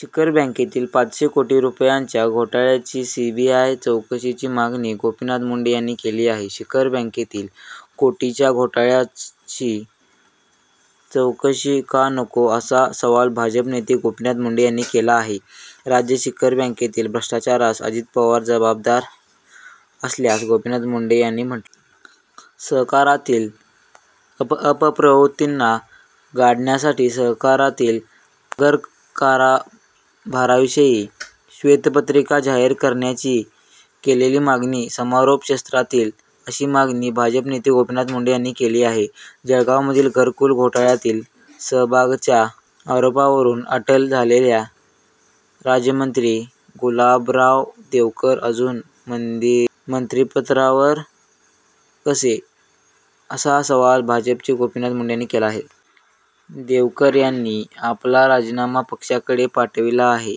शिखर बँकेतील पाचशे कोटी रूपयांच्या घोटाळ्याची सीबीआय चौकशीची मागणी गोपीनाथ मुंडे यांनी केली आहे. शिखर बँकेतील कोटीच्या घोटाळ्याची चौकशी का नको? असा सवाल भाजप नेते गोपीनाथ मुंडे यांनी केला आहे. राज्य शिखर बँकेतील भ्रष्टाचारास अजित पवार जवाबदार असल्याचं गोपीनाथ मुंडे यांनी म्हटलंय. सहकारातील अपप्रवृत्तींना गाडण्यासाठी सहकारातील गरकारभाराविषयी श्वेतपत्रिका जाहीर करण्याची केलेली मागणी समारोप सत्रातील अशी मागणी भाजप नेते गोपीनाथ मुंडे यांनी केली आहे. जळगावमधील घरकुल घोटाळ्यातील सहभागाच्या आरोपावरून अटक झालेले राज्यमंत्री गुलाबराव देवकर अजून मंत्रिपदावर कसे, असा सवाल भाजपचे गोपीनाथ मुंडे यांनी केला आहे. देवकर यांनी आपला राजीनामा पक्षाकडे पाठविला आहे,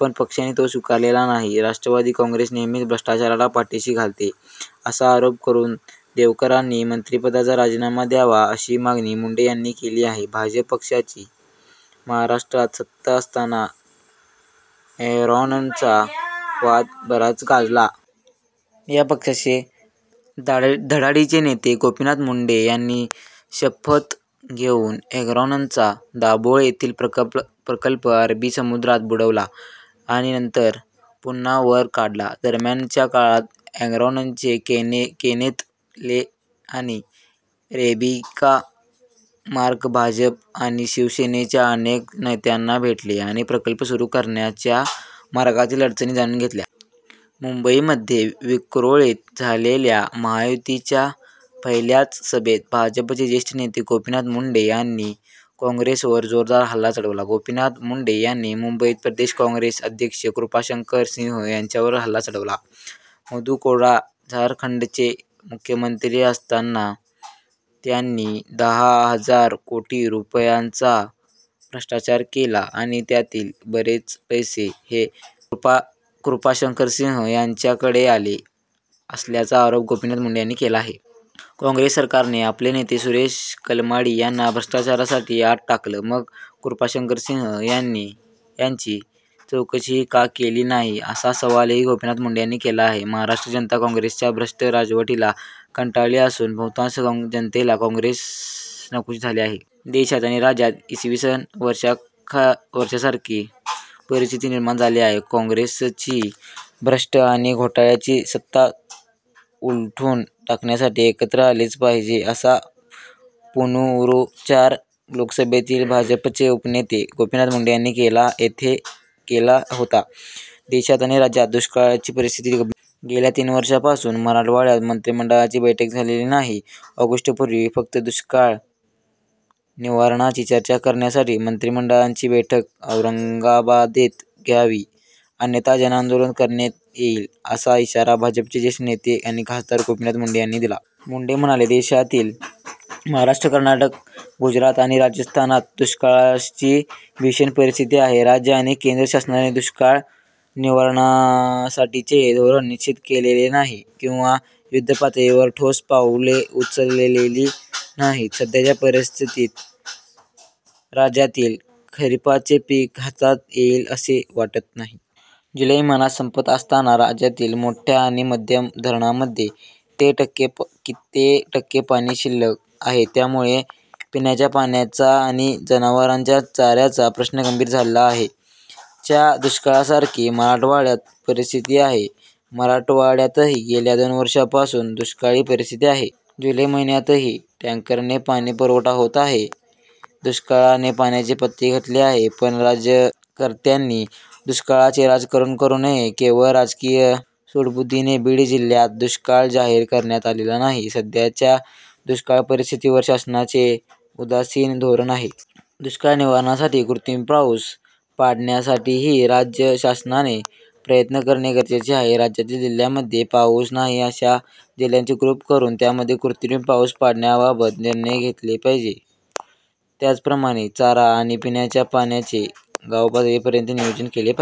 पण पक्षाने तो स्वीकारलेला नाही. राष्ट्रवादी काँग्रेस नेहमीच भ्रष्टाचाराला पाठीशी घालते, असा आरोप करून देवकरांनी मंत्रिपदाचा राजीनामा द्यावा अशी मागणी मुंडे यांनी केली आहे. भाजप पक्षाची महाराष्ट्रात सत्ता असताना एन्रॉनचा वाद बराच गाजला. या पक्षाचे धडाडीचे नेते गोपीनाथ मुंडे यांनी शपथ घेऊन एन्रॉनचा दाभोळ येथील प्रकल्प अरबी समुद्रात बुडवला आणि नंतर पुन्हा वर काढला. दरम्यानच्या काळात एन्रॉनचे केनेथ ले आणि रिबेका मार्क भाजप आणि शिवसेनेच्या अनेक नेत्यांना भेटले आणि प्रकल्प सुरू करण्याच्या मार्गातील अडचणी जाणून घेतल्या. मुंबईमधये विक्रोळीत झालेल्या महायुतीच्या पहिल्याचं सभेत भाजपचे ज्येष्ठ नेते गोपीनाथ मुंडे यांनी काँग्रेसवर जोरदार हल्ला चढवला. गोपीनाथ मुंडे यांनी मुंबई प्रदेश काँग्रेस अध्यक्ष कृपाशंकर सिंह यांच्यावर हल्ला चढवला. मधू कोडा झारखंडचे मुख्यमंत्री असतांना त्यांनी दहा हजार कोटी रूपयांचा भ्रष्टाचार केला आणि त्यातील बरेच पैसे हे कृपाशंकरसिंह यांच्याकडे आले असल्याचा आरोप गोपीनाथ मुंडे यांनी केला आहे. काँग्रेस सरकारने आपले नेते सुरेश कलमाडी यांना भ्रष्टाचारासाठी आत टाकलं, मग कृपाशंकरसिंह यांची चौकशीही का केली नाही, असा सवालही गोपीनाथ मुंडे यांनी केला आहे. महाराष्ट्र जनता काँग्रेसच्या भ्रष्ट राजवटीला कंटाळली असून बहुतांश जनतेला काँग्रेस नकोशी झाली आहे. देशात आणि राज्यात इ. स. वर्षासारखी परिस्थिती निर्माण झाली आहे. काँग्रेसची भ्रष्ट आणि घोटाळ्याची सत्ता उलथून टाकण्यासाठी एकत्र आलेच पाहिजे', असा पुनरूच्चार लोकसभेतील भाजपचे उपनेते गोपीनाथ मुंडे यांनी येथे केला होता. देशात आणि राज्यात दुष्काळाची परिस्थिती गंभीर आहे. गेल्या तीन वर्षांपासून मराठवाड्यात मंत्रिमंडळाची बैठक झालेली नाही. ऑगस्टपूर्वी फक्त दुष्काळ निवारणाची चर्चा करण्यासाठी मंत्रिमंडळाची बैठक औरंगाबादेत घ्यावी अन्यथा जनआंदोलन करण्यात येईल असा इशारा भाजपचे ज्येष्ठ नेते आणि खासदार गोपीनाथ मुंडे यांनी दिला. मुंडे म्हणाले देशातील महाराष्ट्र, कर्नाटक, गुजरात आणि राजस्थानात दुष्काळाची भीषण परिस्थिती आहे. राज्य आणि केंद्र शासनाने दुष्काळ निवारणासाठीचे धोरण निश्चित केलेले नाही किंवा युद्धपातळीवर ठोस पाऊले उचललेली नाहीत. सध्याच्या परिस्थितीत राज्यातील खरिपाचे पीक हातात येईल असे वाटत नाही. जुलै महिना संपत असताना राज्यातील मोठ्या आणि मध्यम धरणांमध्ये ते टक्के पाणी शिल्लक आहे, त्यामुळे पिण्याच्या पाण्याचा आणि जनावरांच्या चाऱ्याचा प्रश्न गंभीर झाला आहे. च्या दुष्काळासारखी मराठवाड्यात परिस्थिती आहे. मराठवाड्यातही गेल्या दोन वर्षांपासून दुष्काळी परिस्थिती आहे. जुलै महिन्यातही टॅंकरने पाणी पुरवठा होत आहे. दुष्काळाने पाण्याची पातळी घटली आहे, पण राज्यकर्त्यांनी दुष्काळाचे राजकारण करू नये. केवळ राजकीय सूडबुद्धीने बीड जिल्ह्यात दुष्काळ जाहीर करण्यात आलेला नाही. सध्याच्या दुष्काळ परिस्थितीवर शासनाचे उदासीन धोरण आहे. दुष्काळ निवारणासाठी कृत्रिम पाऊस पाडण्यासाठीही राज्य शासनाने प्रयत्न करणे गरजेचे आहे. राज्यातील जिल्ह्यांमध्ये पाऊस नाही. अशा जिल्ह्यांचे ग्रुप करून त्यामध्ये कृत्रिम पाऊस पाडण्याबाबत निर्णय घेतला पाहिजे. त्याचप्रमाणे चारा आणि पिण्याच्या पाण्याचे गावपातळीपर्यंत नियोजन केले पाहिजे.